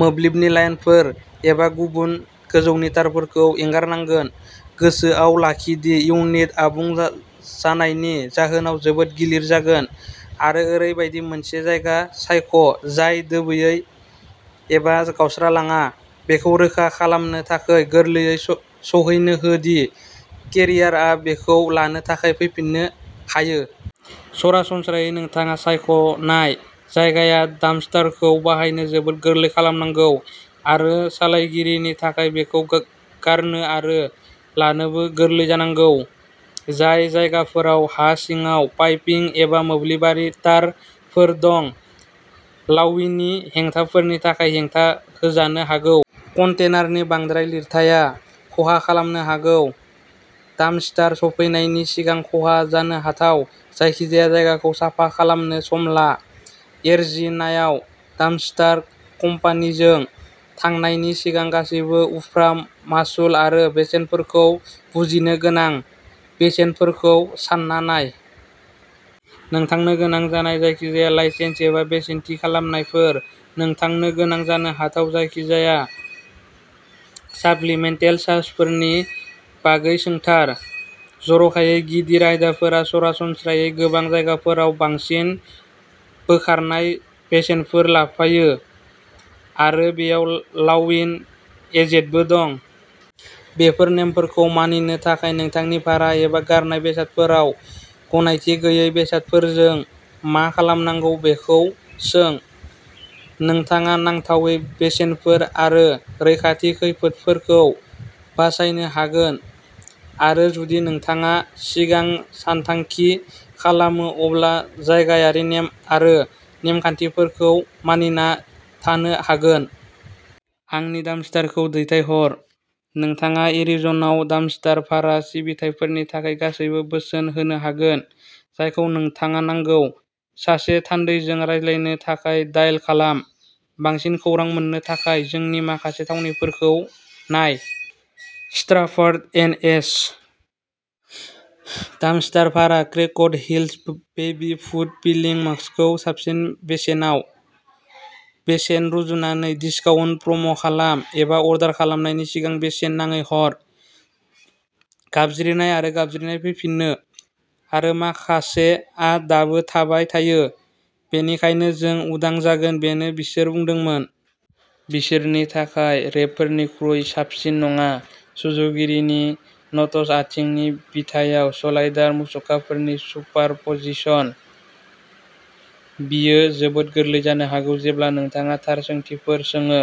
मोब्लिबनि लाइनफोर एबा गुबुन गोजौनि तारफोरखौ एंगारनांगोन। गोसोआव लाखि दि इउनिटआ आबुं जानायनि जा-जाहोनाव जोबोद गिलिर जागोन आरो ओरैबायदि मोनसे जायगा सायख'जाय दोबैयो एबा गावस्रालाङा। बेखौ रोखा खालामनो थाखाय गोरलैयै सौ-सौहैनो हो दि केरियारआ बेखौ लानो थाखाय फैफिननो हायो। सरासनस्रायै, नोंथाङा सायख'नाय जायगाया डाम्पस्टारखौ बाहायनो जोबोद गोरलै खालामनांगौ आरो सालायगिरिनि थाखाय बेखौ गो-गारनो आरो लानोबो गोरलै जानांगौ। जाय जायगाफोराव हा सिङाव पाइपिं एबा मोब्लिबारि तारफोर दं, लाविननि हेंथाफोरनि थाखाय हेंथा होजानो हागौ। कन्टेनारनि बांद्राय लिरथाया खहा खालामनो हागौ। डाम्पस्टार सौफैनायनि सिगां खहा जानो हाथाव जायखिजाया जायगाखौ साफा खालामनो सम ला। एरिज'नायाव डाम्पस्टार कम्पानिजों थांनायनि सिगां गासिबो उफ्रा मासुल आरो बेसेनफोरखौ बुजिनो गोनां। बेसेनफोरखौ सानना नाय। नोंथांनो गोनां जानाय जायखिजाया लाइसेन्स एबा बेसेन थि खालामनायफोर। नोंथांनो गोनां जानो हाथाव जायखिजाया साप्लिमेन्टेल चार्जफोरनि बागै सोंथार। जर'खायै गिदिर आयदाफोरा सरासनस्रायै गोबां जायगाफोराव बांसिन बोखारनाय बेसेनफोर लाफायो, आरो बेयाव लाविन, एजेडबो दं। बेफोर नेमफोरखौ मानिनो थाखाय, नोंथांनि भारा एबा गारनाय बेसादफोराव गनायथि गैयै बेसादफोरजों मा खालामनांगौ बेखौ सों। नोंथाङा नांथावै बेसेनफोर आरो रैखाथि खैफोदफोरखौ बासायनो हागोन, आरो जुदि नोंथाङा सिगां सानथांखि खालामो अब्ला जायगायारि नेम आरो नेमखान्थिफोरखौ मानिना थानो हागोन। आंनि डाम्पस्टारखौ दैथायहर, नोंथाङा एरिज'नायाव डाम्पस्टार भारा सिबिथाइफोरनि थाखाय गासिबो बोसोन होनो हागोन, जायखौ नोंथाङा नांगौ। सासे थान्दैजों रायज्लायनो थाखाय डायेल खालाम। बांसिन खौरां मोननो थाखाय, जोंनि माखासे थावनिफोरखौ नाय स्ट्राफर्ड, एन. एच. डाम्पस्टार भारा। Cracked heels baby foot peeling मास्कखौ साबसिन बेसेनाव? बेसेन रुजुनानै, डिस्काउन्ट प्र'म खालाम, एबा अर्डार खालामनायनि सिगां बेसेन नाङै हर। गाबज्रिनाय आरो गाबज्रिनाय फैफिनो। आरो माखासेआ दाबो थाबाय थायो। बेनिखायनो जों उदां जागोन, बेनो बिसोर बुंदोंमोन। बिसोरनि थाखाय रेबफोरनिख्रुइ साबसिन नङा। सुजुगिरिनि न'टस आथिंनि बिथायाव स'लाइडार मुसुखाफोरनि सुपारप'जिसन। बेयो जोबोद गोरलै जानो हागौ जेब्ला नोंथाङा थार सोंथिफोर सोङो।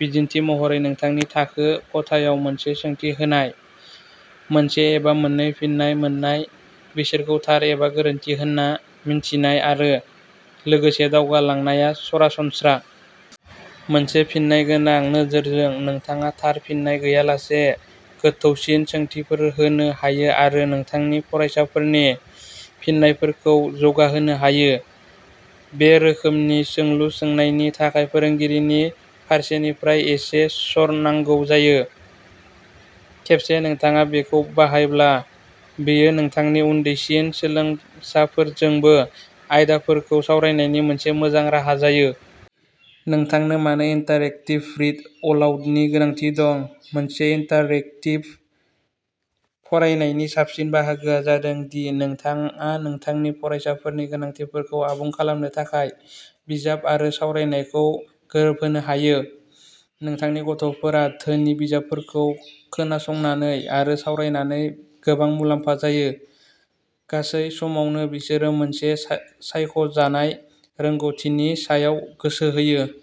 बिदिन्थि महरै नोंथांनि थाखो खथायाव मोनसे सोंथि होनाय, मोनसे एबा मोननै फिननाय मोननाय बिसोरखौ थार एबा गोरोन्थि होन्ना मिन्थिनाय आरो लोगोसे दावगालांनाया सरासनस्रा। मोनसे फिननायगोनां नोजोरजों, नोंथाङा "थार" फिननाय गैयालासे गोथौसिन सोंथिफोर होनो हायो आरो नोंथांनि फरायसाफोरनि फिननायफोरखौ जौगाहोनो हायो। बे रोखोमनि सोंलु सोंनायनि थाखाय फोरोंगिरिनि फारसेनिफ्राय एसे सर' नांगौ जायो। खेबसे नोंथाङा बेखौ बाहायब्ला, बेयो नोंथांनि उन्दैसिन सोलोंसाफोरजोंबो आयदाफोरखौ सावरायनायनि मोनसे मोजां राहा जायो। नोंथांनो मानो इन्टारएक्टिभ रिड अलाउडनि गोनांथि दं? मोनसे इन्टारेक्टिभ फरायनायनि साबसिन बाहागोआ जादों दि नोंथाङा नोंथांनि फरायसाफोरनि गोनांथिफोरखौ आबुं खालामनो थाखाय बिजाब आरो सावरायनायखौ गोरोबहोनो हायो। नोंथांनि गथ'फोरा धोनि बिजाबफोरखौ खोनासंनानै आरो सावरायनानै गोबां मुलाम्फा जायो। गासै समावनो बिसोरो मोनसे साय सायख'जानाय रोंग'थिनि सायाव गोसो होयो।